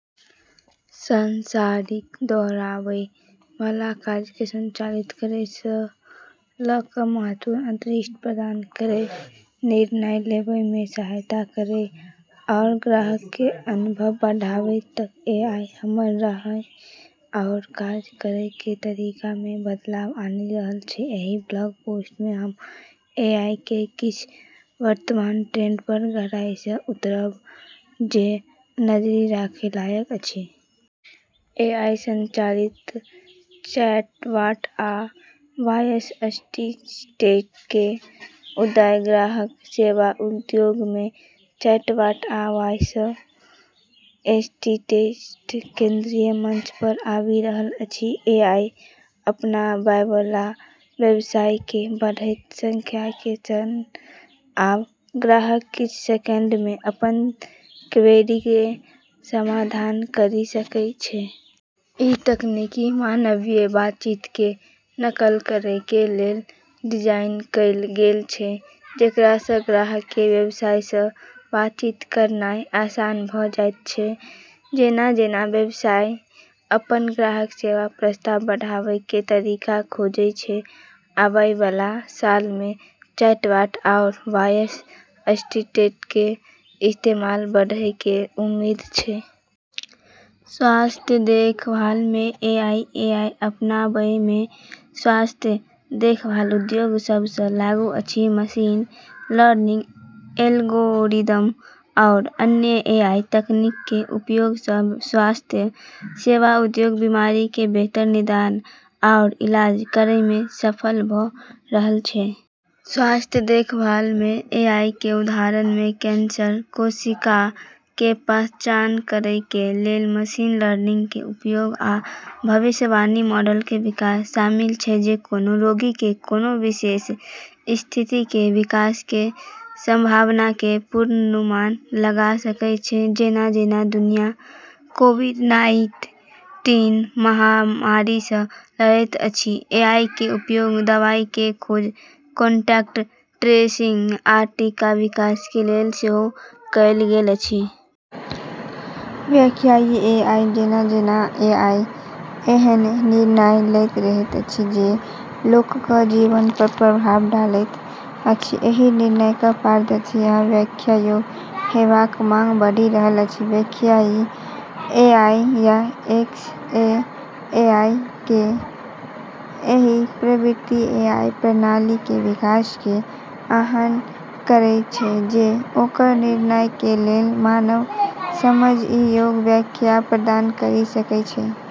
सांसारिक, दोहराबै वाला काजके स्वचालित करैसँ ल' क' महत्वपूर्ण अंतर्दृष्टि प्रदान करै, निर्णय लेबैमे सहायता करै, आओर ग्राहकके अनुभव बढ़ाबै तक, एआई हमर रहै आओर काज करैके तरीकामे बदलाव आनि रहल छै। एहि ब्लॉग पोस्ट मे हम एआईके किछ वर्तमान ट्रेंड पर गहराइसँ उतरब जे नजरि राखय लायक अछि । एआई संचालित चैटबॉट आ वॉयस असिस्टेंटके उदय: ग्राहक सेवा उद्योगमे चैटबॉट आ वॉयस असिस्टेंट केंद्रीय मंच पर आबि रहल अछि एआई अपनाबैबला व्यवसायके बढ़ैत संख्याके सङ्ग आब ग्राहक किछ सेकंडमे अपन क्वेरीके समाधान करि सकै छै। ई तकनीक मानवीय बातचीतके नकल करैके लेल डिजाइन कैल गेल छै, जेकरासँ ग्राहकके व्यवसायसँ बातचीत करनाइ आसान भ' जाइत छै । जेना -जेना व्यवसाय अपन ग्राहक सेवा प्रस्ताव बढ़ाबैके तरीका खोजै छै, आबैबला सालमे चैटबॉट आओर वॉयस असिस्टेंटके इस्तेमाल बढ़ैके उम्मीद छै। स्वास्थ्य देखभालमे एआई: एआई अपनाबैमे स्वास्थ्य देखभाल उद्योग सबसँ आगू अछि । मशीन लर्निंग एल्गोरिदम आओर अन्य एआई तकनीकके उपयोगसँ स्वास्थ्य सेवा उद्योग बीमारीके बेहतर निदान आओर इलाज करैमे सफल भ' रहल छै। स्वास्थ्य देखभालमे एआईके उदाहरणमे कैंसर कोशिकाके पहचान करैके लेल मशीन लर्निंगके उपयोग, आ भविष्यवाणी मॉडलके विकास शामिल छै जे कोनो रोगीके कोनो विशेष स्थितिके विकासके संभावनाके पूर्वानुमान लगा सकै छै । जेना-जेना दुनिया कोविड-नाइन्टीन महामारीसँ लड़ैत अछि, एआईके उपयोग दवाईके खोज, कोन्टैक्ट ट्रेसिंग, आ टीका विकासके लेल सेहो कएल गेल अछि । व्याख्यीय एआई: जेना-जेना एआई एहन निर्णय लैत रहैत अछि जे लोकक जीवन पर प्रभाव डालैत अछि, एहि निर्णयक पारदर्शी आ व्याख्या योग्य हेबाक मांग बढ़ि रहल अछि। "व्याख्यीय एआई" या "एक्सएआई" के एहि प्रवृत्ति एआई प्रणालीके विकासके आह्वान करय छै जे ओकर निर्णयके लेल मानव-समझइ योग्य व्याख्या प्रदान करि सकै छै ।